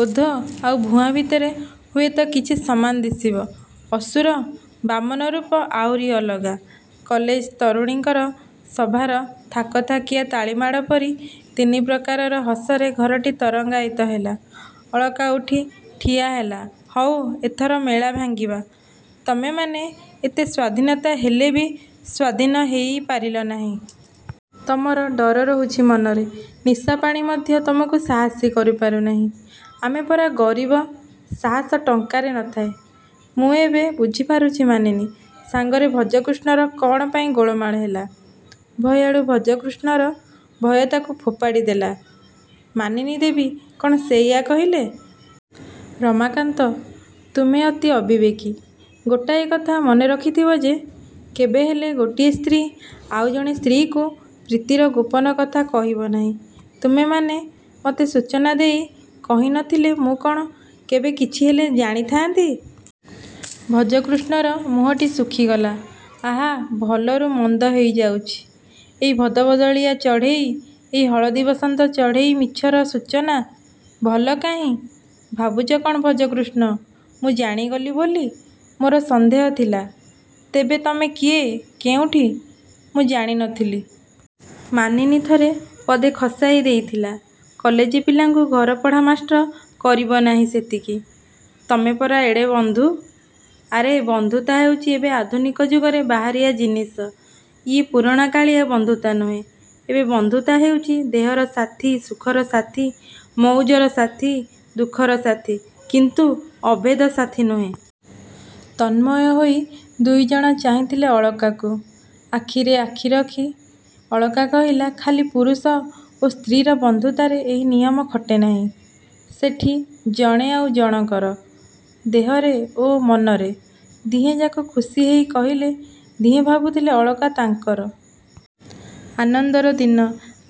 ଓଧ ଆଉ ଭୁଆଁ ଭିତରେ ହୁଏ ତ କିଛି ସମାନ ଦିଶିବ। ଅସୁର-ବାମନ ରୂପ ଆଉରି ଅଲଗା। କଲେଜ ତରୁଣଙ୍କର ସଭାର ଥାକଥାକିଆ ତାଳିମାଡ଼ପରି ତିନି ପ୍ରକାରର ହସରେ ଘରଟି ତରଙ୍ଗାୟିତ ହେଲା। ଅଳକା ଉଠି ଠିଆ ହେଲା-ହଉ, ଏଥର ମେଳା ଭାଙ୍ଗିବା। ତମେମାନେ ଏତେ ସ୍ୱାଧୀନତା ଦେଲେ ବି ସ୍ୱାଧୀନ ହେଇ ପାରିଲ ନାହିଁ। ତମର ଡର ରହୁଛି ମନରେ। ନିଶାପାଣି ମଧ୍ୟ ତୁମକୁ ସାହସୀ କରିପାରୁ ନାହିଁ। -ଆମେ ପରା ଗରିବ। -ସାହସ ଟଙ୍କାରେ ନ ଥାଏ। ମୁଁ ଏବେ ବୁଝିପାରୁଛି ମାନିନୀ ସାଙ୍ଗରେ ଭଜକୃଷ୍ଣର କ'ଣ ପାଇଁ ଗୋଳମାଳ ହେଲା-ଭୟାଳୁ ଭଜକୃଷ୍ଣର ଭୟ ତା'କୁ ଫୋପାଡ଼ି ଦେଲା। -ମାନିନୀ ଦେବୀ କ'ଣ ସେଇଆ କହିଲେ? -ରମାକାନ୍ତ, ତୁମେ ଅତି ଅବିବେକୀ। ଗୋଟାଏ କଥା ମନେ ରଖିଥିବ ଯେ, କେବେହେଲେ ଗୋଟିଏ ସ୍ତ୍ରୀ ଆଉ ଜଣେ ସ୍ତ୍ରୀକୁ ପ୍ରୀତିର ଗୋପନ କଥା କହିବ ନାହିଁ। ତୁମେମାନେ ମତେ ସୂଚନା ଦେଇ କହି ନ ଥିଲେ ମୁଁ କ'ଣ କେବେ କିଛି ହେଲେ ଜାଣିଥାନ୍ତି? ଭଜକୃଷ୍ଣର ମୁହଁଟି ଶୁଖିଗଲା। -ଆହା, ଭଲରୁ ମନ୍ଦ ହୋଇ ଯାଉଛି। ଏଇ ଭଦଭଦଳିଆ ଚଢ଼େଇ,-ଏଇ ହଳଦୀବସନ୍ତ ଚଢ଼େଇ ମିଛର ସୂଚନା। ଭଲ କାହିଁ? -ଭାବୁଛ କ'ଣ ଭଜକୃଷ୍ଣ? ମୁଁ ଜାଣିଗଲି ବୋଲି। ମୋର ସନ୍ଦେହ ଥିଲା। ତେବେ ତମେ କିଏ, କେଉଁଠି-ମୁଁ ଜାଣି ନ ଥିଲି। ମାନିନୀ ଥରେ ପଦେ ଖସାଇ ଦେଇଥିଲା-କଲେଜ ପିଲାଙ୍କୁ ଘରପଢ଼ା ମାଷ୍ଟ୍ର କରିବ ନାହିଁ-ସେତିକି। -ତମେ ପରା ଏଡ଼େ ବନ୍ଧୁ? -ଆରେ, ବନ୍ଧୁତା ହେଉଛି ଏବେ ଆଧୁନିକ ଯୁଗରେ ବାହାରିଆ ଜିନିଷ। ଇଏ ପୁରୁଣାକାଳିଆ ବନ୍ଧୁତା ନୁହେଁ। ଏବେ ବନ୍ଧୁତା ହେଉଛି ଦେହର ସାଥି, ସୁଖର ସାଥି, ମଉଜର ସାଥି, ଦୁଃଖର ସାଥି-କିନ୍ତୁ ଅଭେଦ ସାଥି ନୁହେଁ। ତନ୍ମୟ ହୋଇ ଦୁଇଜଣ ଚାହିଁଥିଲେ ଅଳକାକୁ। ଆଖିରେ ଆଖି ରଖି ଅଳକା କହିଲା-ଖାଲି ପୁରୁଷ ଓ ସ୍ତ୍ରୀ'ର ବନ୍ଧୁତାରେ ଏହି ନିୟମ ଖଟେ ନାହିଁ। ସେଠି- -ଜଣେ ଆଉ ଜଣକର। ଦେହରେ ଓ ମନରେ। ଦିହେଁ ଯାକ ଖୁସି ହେଇ କହିଲେ। ଦିହେଁ ଭାବୁଥିଲେ-ଅଳକା ତାଙ୍କର। ଆନନ୍ଦର ଦିନ।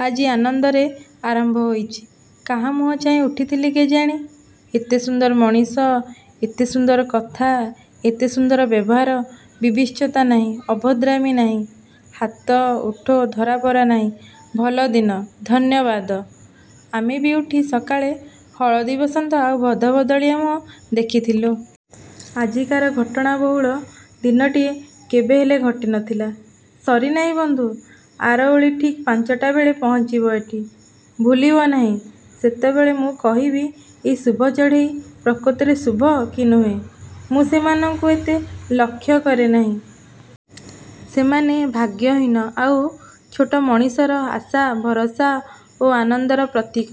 ଆଜି ଆନନ୍ଦରେ ଆରମ୍ଭ ହୋଇଛି। କାହା ମୁହଁ ଚାହିଁ ଉଠିଥିଲି କେଜାଣି? -ଏତେ ସୁନ୍ଦର ମଣିଷ,-ଏତେ-ସୁନ୍ଦର କଥା-ଏତେ ସୁନ୍ଦର ବ୍ୟବହାର-ବିଭତ୍ସତା ନାହିଁ, ଅଭଦ୍ରାମି ନାହିଁ। ହାତ ଓଠ ଧରାପରା ନାହିଁ-ଭଲ ଦିନ-ଧନ୍ୟବାଦ। -ଆମେ ବି ଉଠି ସକାଳେ ହଳଦୀବସନ୍ତ ଆଉ ଭଦଭଦଳିଆ ମୁହଁ ଦେଖିଥିଲୁ। ଆଜିକାର ଘଟଣାବହୁଳ ଦିନଟିଏ କେବେହେଲେ ଘଟି ନ ଥିଲା। -ସରି ନାହିଁ ବନ୍ଧୁ। ଆର ଓଳି ଠିକ୍ ପାଞ୍ଚଟା ବେଳେ ପହଞ୍ଚିବ ଏଠି। ଭୁଲିବ ନାହିଁ ସେତେବେଳେ ମୁଁ କହିବି ଏଇ ଶୁଭ ଚଢ଼େଇ ପ୍ରକୃତରେ ଶୁଭ କି ନୁହେଁ। ମୁଁ ସେମାନଙ୍କୁ ଏତେ ଲକ୍ଷ୍ୟ କରେ ନାହିଁ। -ସେମାନେ ଭାଗ୍ୟହୀନ ଆଉ ଛୋଟ ମଣିଷର ଆଶା, ଭରସା ଓ ଆନନ୍ଦର ପ୍ରତୀକ।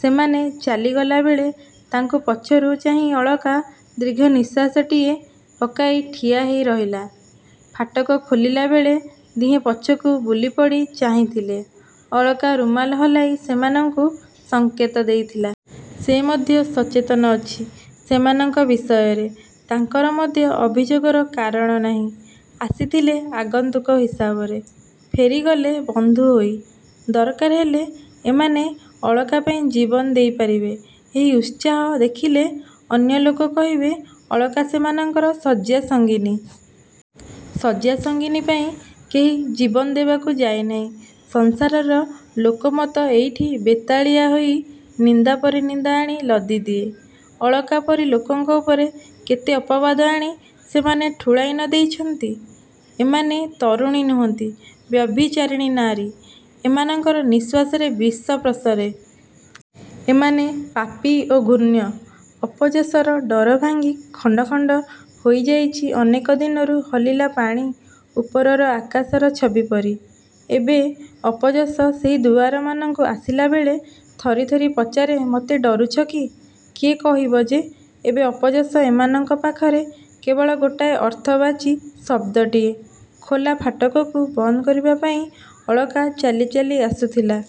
ସେମାନେ ଚାଲିଗଲା ବେଳେ ତାଙ୍କୁ ପଛରୁ ଚାହିଁ ଅଳକା ଦୀର୍ଘନିଶ୍ୱାସଟିଏ ପକାଇ ଠିଆ ହେଇ ରହିଲା। ଫାଟକ ଖୋଲିଲା ବେଳେ ଦିହେଁ ପଛକୁ ବୁଲିପଡ଼ି ଚାହିଁଥିଲେ-ଅଳକା ରୁମାଲ ହଲାଇ ସେମାନଙ୍କୁ ସଙ୍କେତ ଦେଇଥିଲା। ସେ ମଧ୍ୟ ସଚେତନ ଅଛି ସେମାନଙ୍କ ବିଷୟରେ। ତାଙ୍କର ମଧ୍ୟ ଅଭିଯୋଗର କାରଣ ନାହିଁ। ଆସିଥିଲେ ଆଗନ୍ତୁକ ହିସାବରେ-ଫେରିଗଲେ ବଂଧୁ ହେଇ। ଦରକାର ହେଲେ ଏମାନେ ଅଳକା ପାଇଁ ଜୀବନ ଦେଇ ପାରିବେ। ଏଇ ଉତ୍ସାହ ଦେଖିଲେ ଅନ୍ୟ ଲୋକ କହିବେ ଅଳକା ସେମାନଙ୍କର ଶଯ୍ୟାସଙ୍ଗିନୀ। ଶଯ୍ୟାସଙ୍ଗିନୀ ପାଇଁ କେହି ଜୀବନ ଦେବାକୁ ଯାଏ ନାହିଁ। ସଂସାରର ଲୋକମତ ଏଇଠି ବେତାଳିଆ ହେଇ ନିନ୍ଦା ପରେ ନିନ୍ଦା ଆଣି ଲଦିଦିଏ। ଅଳକା ପରି ଲୋକଙ୍କ ଉପରେ କେତେ ଅପବାଦ ଆଣି ସେମାନେ ଠୁଳାଇ ନ ଦେଇଛନ୍ତି-ଏମାନେ ତରୁଣୀ ନୁହନ୍ତି। ବ୍ୟଭିଚାରିଣୀ ନାରୀ। ଏମାନଙ୍କର ନିଶ୍ୱାସରେ ବିଷ ପ୍ରସରେ। ଏମାନେ ପାପୀ ଓ ଘୃଣ୍ୟ। ଅପଯଶର ଡର ଭାଙ୍ଗି ଖଣ୍ଡ ଖଣ୍ଡ ହୋଇଯାଇଛି ଅନେକ ଦିନରୁ ହଲିଲା ପାଣି ଉପରର ଆକାଶର ଛବି ପରି। ଏବେ ଅପଯଶ ସେହି ଦୁଆରମାନଙ୍କୁ ଆସିଲା ବେଳେ ଥରି ଥରି ପଚାରେ-ମତେ ଡରୁଛ କି? କିଏ କହିବ ଯେ ଏବେ ଅପଯଶ ଏମାନଙ୍କ ପାଖରେ କେବଳ ଗୋଟାଏ ଅର୍ଥବାଚି ଶବ୍ଦଟିଏ। ଖୋଲା ଫାଟକକୁ ବନ୍ଦ କରିବା ପାଇଁ ଅଳକା ଚାଲି ଚାଲି ଆସୁଥିଲା।